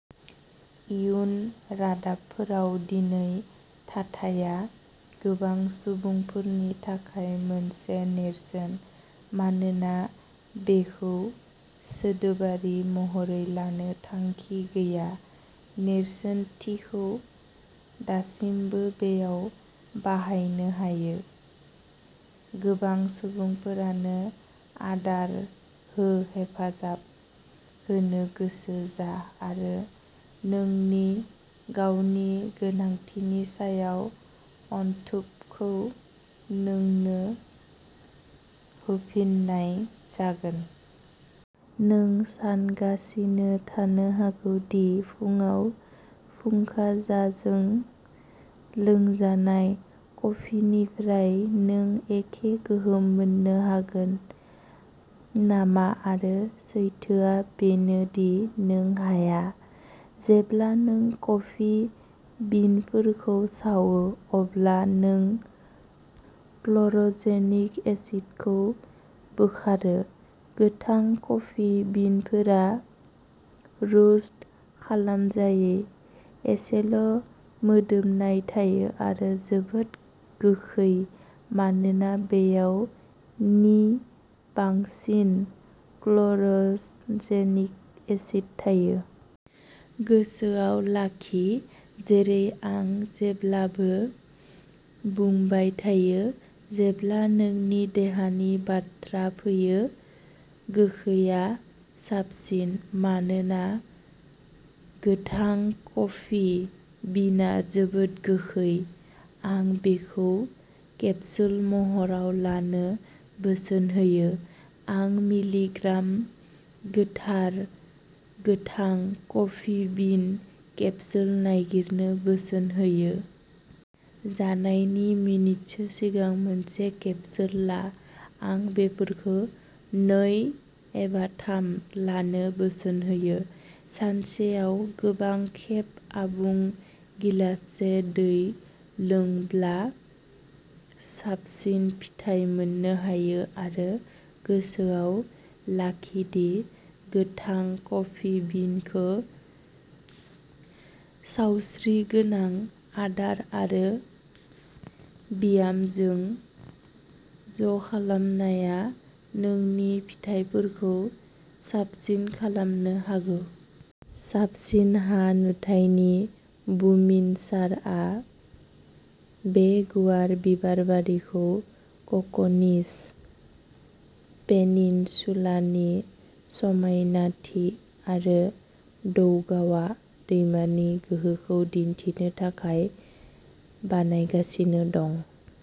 इयुन रादाबफोराव, दैनि थाथाया गोबां सुबुंफोरनि थाखाय मोनसे नेरसोन। मानोना बेखौ सोदोबारि महरै लानो थांखि गैया, नेरसोनथिखौ दासिमबो बेयाव बाहायनो हायोः गोबां सुबुंफोरनो आदार हो-हेफाजाब होनो गोसो जा आरो नोंनि गावनि गोनांथिनि समाव, अनथोबखौ नोंनो होफिननाय जागोन। नों सानगासिनो थानो हागौ दि फुंआव फुंखाजाजों लोंजानाय कफिनिफ्राय नों एखे गोहोम मोननो हागोन नामा-आरो सैथोआ बेनो दि नों हाया। जेब्ला नों कफि बिनफोरखौ सावो, अब्ला नों क्ल'र'जेनिक एसिडखौ बोखारो। गोथां कफि बिनफोरा रोस्ट खालामजायै, एसेल'मोदोमनाय थायो आरो जोबोद गोखै-मानोना बेयाव नि बांसिन क्ल'र'जेनिक एसिड थायो। गोसोआव लाखि, जेरै आं जेब्लाबो बुंबाय थायो, जेब्ला नोंनि देहानि बाथ्रा फैयो, "गोखैआ साबसिन"। मानोना गोथां कफि बिनआ जोबोद गोखै, आं बेखौ केप्सुल महराव लानो बोसोन होयो। आं मिलिग्राम गोथार गोथां कफि बिन केप्सुल नागिरनो बोसोन होयो। जानायनि मिनिटसो सिगां मोनसे केप्सुल ला; आं बेफोरखौ नै एबा थाम लानो बोसोन होयो। सानसेयाव गोबां खेब आबुं गिलाससे दै लोंब्ला साबसिन फिथाय मोननो हायो। आरो गोसोआव लाखि दि गोथां कफि बिनखौ सावस्रिगोनां आदार आरो ब्यामजों ज'खालामनाया नोंनि फिथाइफोरखौ साबसिन खालामनो हागौ! साबसिन हा-नुथायनि बुमिनसारआ बे गुवार बिबारबारिखौ क'कनिज पेनिनसुलानि समायनाथि आरो दौगावा दैमानि गोहोखौ दिन्थिनो थाखाय बानायगासिनो दं।